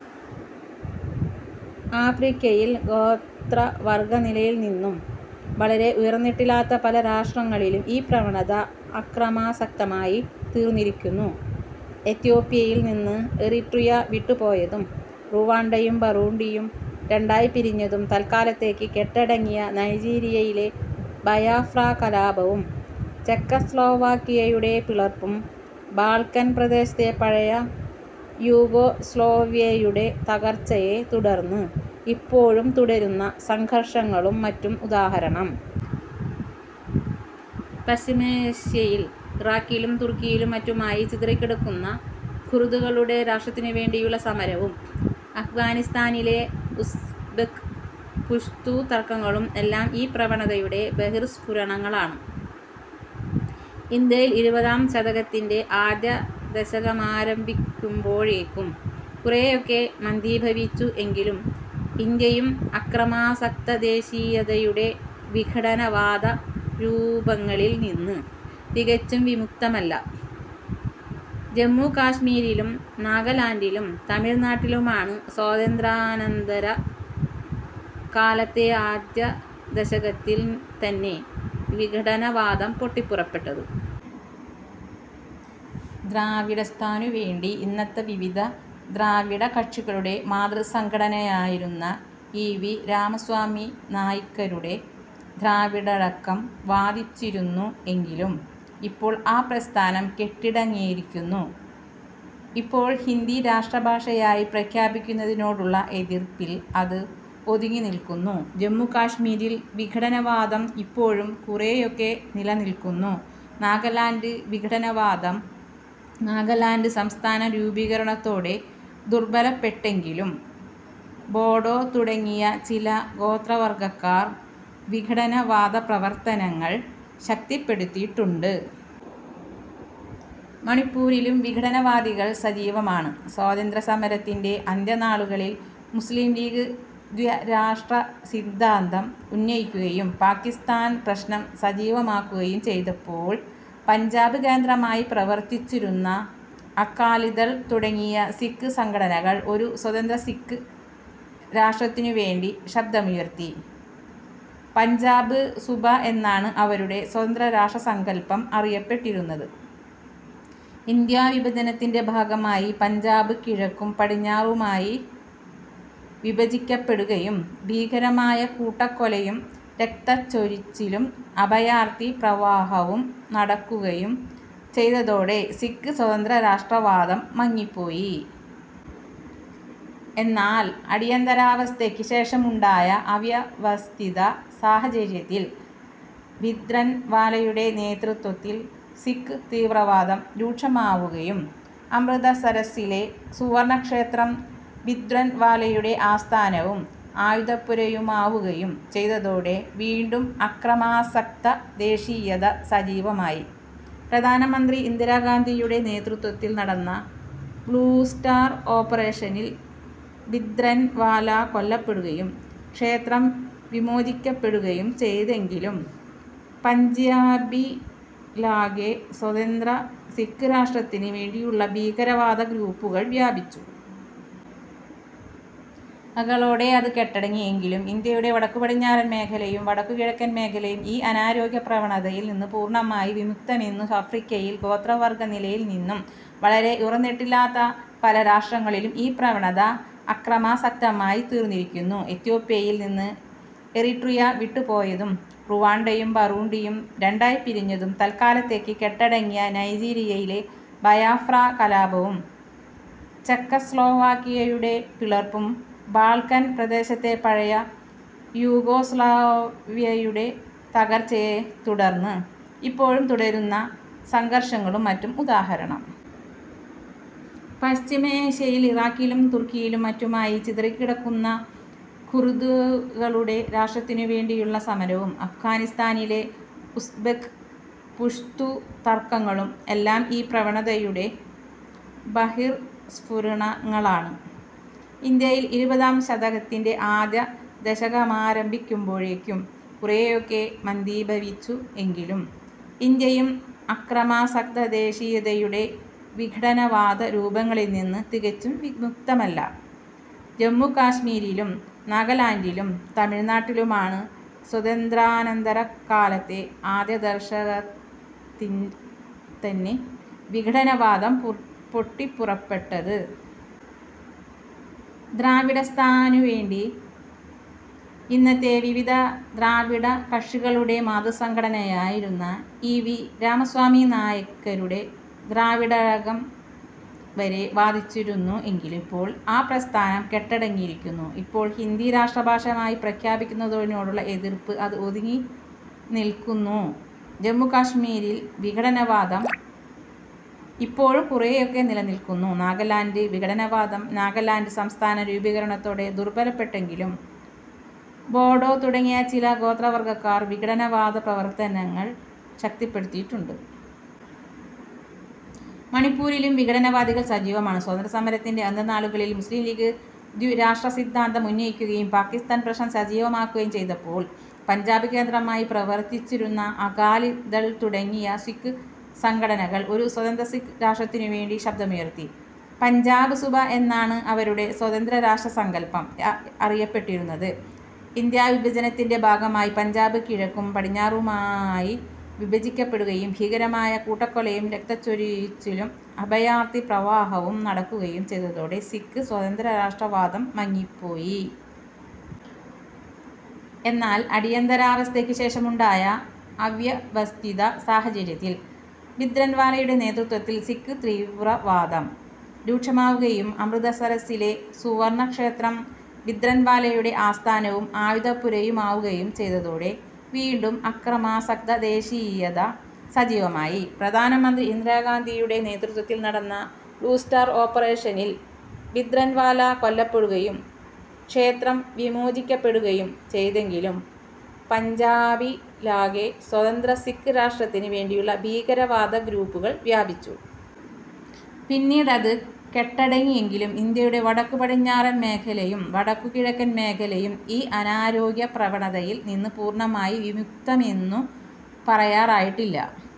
ആഫ്രിക്കയിൽ ഗോത്രവർഗനിലയിൽ നിന്നും വളരെ ഉയർന്നിട്ടില്ലാത്ത പല രാഷ്ട്രങ്ങളിലും ഈ പ്രവണത അക്രമാസക്തമായി തീർന്നിരിക്കുന്നു. എത്യോപ്യയിൽ നിന്ന് എറിട്രിയ വിട്ടുപോയതും റുവാണ്ടയും ബറൂണ്ടിയും രണ്ടായി പിരിഞ്ഞതും, തൽക്കാലത്തേക്ക് കെട്ടടങ്ങിയ നൈജീരിയയിലെ ബയാഫ്രാ കലാപവും ചെക്കസ്ലോവാക്കിയയുടെ പിളർപ്പും, ബാൾക്കൻ പ്രദേശത്തെ പഴയ യുഗോസ്ലോവ്യയുടെ തകർച്ചയെ തുടർന്ന് ഇപ്പോഴും തുടരുന്ന സംഘർഷങ്ങളും മറ്റും ഉദാഹരണം. പശ്ചിമേഷ്യയിൽ ഇറാഖിലും തുർക്കിയിലും മറ്റുമായി ചിതറിക്കിടക്കുന്ന ഖുർദുകളുടെ രാഷ്ട്രത്തിനു വേണ്ടിയുള്ള സമരവും അഫ്ഘാനിസ്താനിലെ ഉസ്ബെക്ക്, പുഷ്തു തർക്കങ്ങളും എല്ലാം ഈ പ്രവണതയുടെ ബഹിർസ്ഫുരണങ്ങളാണ്. ഇന്ത്യയിൽ ഇരുപതാം ശതകത്തിന്റെ ആദ്യ ദശകമാരംഭിക്കുമ്പോഴേക്കും കുറെയൊക്കെ മന്ദീഭവിച്ചു എങ്കിലും ഇന്ത്യയും അക്രമാസക്തദേശീയതയുടെ വിഘടനവാദ രൂപങ്ങളിൽ നിന്ന് തികച്ചും വിമുക്തമല്ല. ജമ്മുകാശ്മീരിലും നാഗാലൻഡിലും തമിഴ്നാട്ടിലുമാണ് സ്വാതന്ത്ര്യാനന്തര കാലത്തെ ആദ്യദശകത്തിൽ തന്നെ വിഘടനവാദം പൊട്ടിപ്പുറപ്പെട്ടത്. ദ്രാവിഡസ്ഥാനുവേണ്ടി ഇന്നത്തെ വിവിധ ദ്രാവിഡകക്ഷികളുടെ മാതൃസംഘടനയായിരുന്ന ഇ. വി. രാമസ്വാമി നായ്ക്കരുടെ ദ്രാവിഡകഴകം വാദിച്ചിരുന്നു എങ്കിലും ഇപ്പോൾ ആ പ്രസ്ഥാനം കെട്ടടങ്ങിയിരിക്കുന്നു. ഇപ്പോൾ ഹിന്ദി രാഷ്ട്രഭാഷയായി പ്രഖ്യാപിക്കുന്നതിനോടുള്ള എതിർപ്പിൽ അത് ഒതുങ്ങിനിൽക്കുന്നു. ജമ്മുകാശ്മീരിൽ വിഘടനവാദം ഇപ്പോഴും കുറെയൊക്കെ നിലനിൽക്കുന്നു. നാഗാലൻഡ് വിഘടനവാദം നാഗാലാൻഡ് സംസ്ഥാന രൂപീകരണത്തോടെ ദുർബലപ്പെട്ടെങ്കിലും ബോഡോ തുടങ്ങിയ ചില ഗോത്രവർഗക്കാർ വിഘടനവാദ പ്രവർത്തനങ്ങൾ ശക്തിപ്പെടുത്തിയിട്ടുണ്ട്. മണിപ്പൂരിലും വിഘടനവാദികൾ സജീവമാണ്. സ്വാതന്ത്ര്യസമരത്തിന്റെ അന്ത്യനാളുകളിൽ മുസ്ലീംലീഗ് ദ്വിരാഷ്ട്ര സിദ്ധാന്തം ഉന്നയിക്കുകയും പാകിസ്താൻ പ്രശ്നം സജീവമാക്കുകയും ചെയ്തപ്പോൾ പഞ്ചാബ് കേന്ദ്രമായി പ്രവർത്തിച്ചിരുന്ന അകാലിദൾ തുടങ്ങിയ സിക്ക് സംഘടനകൾ ഒരു സ്വതന്ത്ര സിക്ക് രാഷ്ട്രത്തിനുവേണ്ടി ശബ്ദമുയർത്തി. പഞ്ചാബ് സുബ എന്നാണ് അവരുടെ സ്വതന്ത്രരാഷ്ട്രസങ്കല്പം അറിയപ്പെട്ടിരുന്നത്. ഇന്ത്യാവിഭജനത്തിന്റെ ഭാഗമായി പഞ്ചാബ് കിഴക്കും പടിഞ്ഞാറുമായി വിഭജിക്കപ്പെടുകയും ഭീകരമായ കൂട്ടക്കൊലയും രക്തച്ചൊരിച്ചിലും അഭയാർഥി പ്രവാഹവും നടക്കുകയും ചെയ്തതോടെ സിക്ക് സ്വതന്ത്രരാഷ്ട്രവാദം മങ്ങിപ്പോയി. എന്നാൽ അടിയന്തരാവസ്ഥക്ക് ശേഷം ഉണ്ടായ അവ്യവസ്ഥിത സാഹചര്യത്തിൽ ഭിന്ദ്രൻവാലയുടെ നേതൃത്വത്തിൽ സിക്ക് തീവ്രവാദം രൂക്ഷമാവുകയും അമൃതസരസ്സിലെ സുവർണക്ഷേത്രം ഭിന്ദ്രൻവാലയുടെ ആസ്ഥാനവും ആയുധപ്പുരയുമാവുകയും ചെയ്തതോടെ വീണ്ടും അക്രമാസക്ത ദേശീയത സജീവമായി. പ്രധാനമന്ത്രി ഇന്ദിരാഗാന്ധിയുടെ നേതൃത്വത്തിൽ നടന്ന ബ്ളൂസ്റ്റാർ ഓപ്പറേഷനിൽ ഭിന്ദ്രൻവാല കൊല്ലപ്പെടുകയും ക്ഷേത്രം വിമോചിക്കപ്പെടുകയും ചെയ്തെങ്കിലും പഞ്ചാബിലാകെ സ്വതന്ത്ര സിക്ക് രാഷ്ട്രത്തിന് വേണ്ടിയുള്ള ഭീകരവാദ ഗ്രൂപ്പുകൾ വ്യാപിച്ചു. -കളോടെ അത് കെട്ടടങ്ങി. എങ്കിലും ഇന്ത്യയുടെ വടക്കു പടിഞ്ഞാറൻ മേഖലയും വടക്കു കിഴക്കൻ മേഖലയും ഈ അനാരോഗ്യ പ്രവണതയിൽ നിന്ന് പൂർണമായി വിമുക്തനെന്ന് ആഫ്രിക്കയിൽ ഗോത്രവർഗനിലയിൽ നിന്നും വളരെ ഉയർന്നിട്ടില്ലാത്ത പല രാഷ്ട്രങ്ങളിലും ഈ പ്രവണത അക്രമാസക്തമായി തീർന്നിരിക്കുന്നു. എത്യോപ്യയിൽ നിന്ന് എറിട്രിയ വിട്ടുപോയതും റുവാണ്ടയും ബറൂണ്ടിയും രണ്ടായി പിരിഞ്ഞതും, തൽക്കാലത്തേക്ക് കെട്ടടങ്ങിയ നൈജീരിയയിലെ ബയാഫ്രാ കലാപവും ചെക്കസ്ലോവാക്കിയയുടെ പിളർപ്പും, ബാൾക്കൻ പ്രദേശത്തെ പഴയ യുഗോസ്ലോവ്യയുടെ തകർച്ചയെ തുടർന്ന് ഇപ്പോഴും തുടരുന്ന സംഘർഷങ്ങളും മറ്റും ഉദാഹരണം. പശ്ചിമേഷ്യയിൽ ഇറാഖിലും തുർക്കിയിലും മറ്റുമായി ചിതറിക്കിടക്കുന്ന ഖുർദുകളുടെ രാഷ്ട്രത്തിനു വേണ്ടിയുള്ള സമരവും അഫ്ഘാനിസ്താനിലെ ഉസ്ബെക്ക്, പുഷ്തു തർക്കങ്ങളും എല്ലാം ഈ പ്രവണതയുടെ ബഹിർസ്ഫുരണങ്ങളാണ്. ഇന്ത്യയിൽ ഇരുപതാം ശതകത്തിന്റെ ആദ്യ ദശകമാരംഭിക്കുമ്പോഴേക്കും കുറെയൊക്കെ മന്ദീഭവിച്ചു എങ്കിലും ഇന്ത്യയും അക്രമാസക്തദേശീയതയുടെ വിഘടനവാദ രൂപങ്ങളിൽ നിന്ന് തികച്ചും വിമുക്തമല്ല. ജമ്മുകാശ്മീരിലും നാഗാലൻഡിലും തമിഴ്നാട്ടിലുമാണ് സ്വാതന്ത്ര്യാനന്തര കാലത്തെ ആദ്യദശനകത്തിൽ തന്നെ വിഘടനവാദം പൊട്ടിപ്പുറപ്പെട്ടത്. ദ്രാവിഡസ്ഥാനുവേണ്ടി ഇന്നത്തെ വിവിധ ദ്രാവിഡകക്ഷികളുടെ മാതൃസംഘടനയായിരുന്ന ഇ. വി. രാമസ്വാമി നായ്ക്കരുടെ ദ്രാവിഡകഴകം വരെ വാദിച്ചിരുന്നു എങ്കിലും ഇപ്പോൾ ആ പ്രസ്ഥാനം കെട്ടടങ്ങിയിരിക്കുന്നു. ഇപ്പോൾ ഹിന്ദി രാഷ്ട്രഭാഷയായി പ്രഖ്യാപിക്കുന്നതിനോടുള്ള എതിർപ്പിൽ അത് ഒതുങ്ങിനിൽക്കുന്നു. ജമ്മുകാശ്മീരിൽ വിഘടനവാദം ഇപ്പോഴും കുറെയൊക്കെ നിലനിൽക്കുന്നു. നാഗാലൻഡ് വിഘടനവാദം നാഗാലാൻഡ് സംസ്ഥാന രൂപീകരണത്തോടെ ദുർബലപ്പെട്ടെങ്കിലും ബോഡോ തുടങ്ങിയ ചില ഗോത്രവർഗക്കാർ വിഘടനവാദ പ്രവർത്തനങ്ങൾ ശക്തിപ്പെടുത്തിയിട്ടുണ്ട്. മണിപ്പൂരിലും വിഘടനവാദികൾ സജീവമാണ്. സ്വാതന്ത്ര്യസമരത്തിന്റെ അന്ത്യനാളുകളിൽ മുസ്ലീംലീഗ് ദ്വിരാഷ്ട്ര സിദ്ധാന്തം ഉന്നയിക്കുകയും പാകിസ്താൻ പ്രശ്നം സജീവമാക്കുകയും ചെയ്തപ്പോൾ പഞ്ചാബ് കേന്ദ്രമായി പ്രവർത്തിച്ചിരുന്ന അകാലിദൾ തുടങ്ങിയ സിക്ക് സംഘടനകൾ ഒരു സ്വതന്ത്ര സിക്ക് രാഷ്ട്രത്തിനുവേണ്ടി ശബ്ദമുയർത്തി. പഞ്ചാബ് സുബ എന്നാണ് അവരുടെ സ്വതന്ത്രരാഷ്ട്രസങ്കല്പം അറിയപ്പെട്ടിരുന്നത്. ഇന്ത്യാവിഭജനത്തിന്റെ ഭാഗമായി പഞ്ചാബ് കിഴക്കും പടിഞ്ഞാറുമായി വിഭജിക്കപ്പെടുകയും ഭീകരമായ കൂട്ടക്കൊലയും രക്തച്ചൊരിച്ചിലും അഭയാർഥി പ്രവാഹവും നടക്കുകയും ചെയ്തതോടെ സിക്ക് സ്വതന്ത്രരാഷ്ട്രവാദം മങ്ങിപ്പോയി. എന്നാൽ അടിയന്തരാവസ്ഥക്ക് ശേഷം ഉണ്ടായ അവ്യവസ്ഥിത സാഹചര്യത്തിൽ ഭിന്ദ്രൻവാലയുടെ നേതൃത്വത്തിൽ സിക്ക് തീവ്രവാദം രൂക്ഷമാവുകയും അമൃതസരസ്സിലെ സുവർണക്ഷേത്രം ഭിന്ദ്രൻവാലയുടെ ആസ്ഥാനവും ആയുധപ്പുരയുമാവുകയും ചെയ്തതോടെ വീണ്ടും അക്രമാസക്ത ദേശീയത സജീവമായി. പ്രധാനമന്ത്രി ഇന്ദിരാഗാന്ധിയുടെ നേതൃത്വത്തിൽ നടന്ന ബ്ളൂസ്റ്റാർ ഓപ്പറേഷനിൽ ഭിന്ദ്രൻവാല കൊല്ലപ്പെടുകയും ക്ഷേത്രം വിമോചിക്കപ്പെടുകയും ചെയ്തെങ്കിലും പഞ്ചാബിലാകെ സ്വതന്ത്ര സിക്ക് രാഷ്ട്രത്തിന് വേണ്ടിയുള്ള ഭീകരവാദ ഗ്രൂപ്പുകൾ വ്യാപിച്ചു. പിന്നീട് അത് കെട്ടടങ്ങി. എങ്കിലും ഇന്ത്യയുടെ വടക്കു പടിഞ്ഞാറൻ മേഖലയും വടക്കു കിഴക്കൻ മേഖലയും ഈ അനാരോഗ്യ പ്രവണതയിൽ നിന്ന് പൂർണമായി വിമുക്തമെന്നു പറയാറായിട്ടില്ല.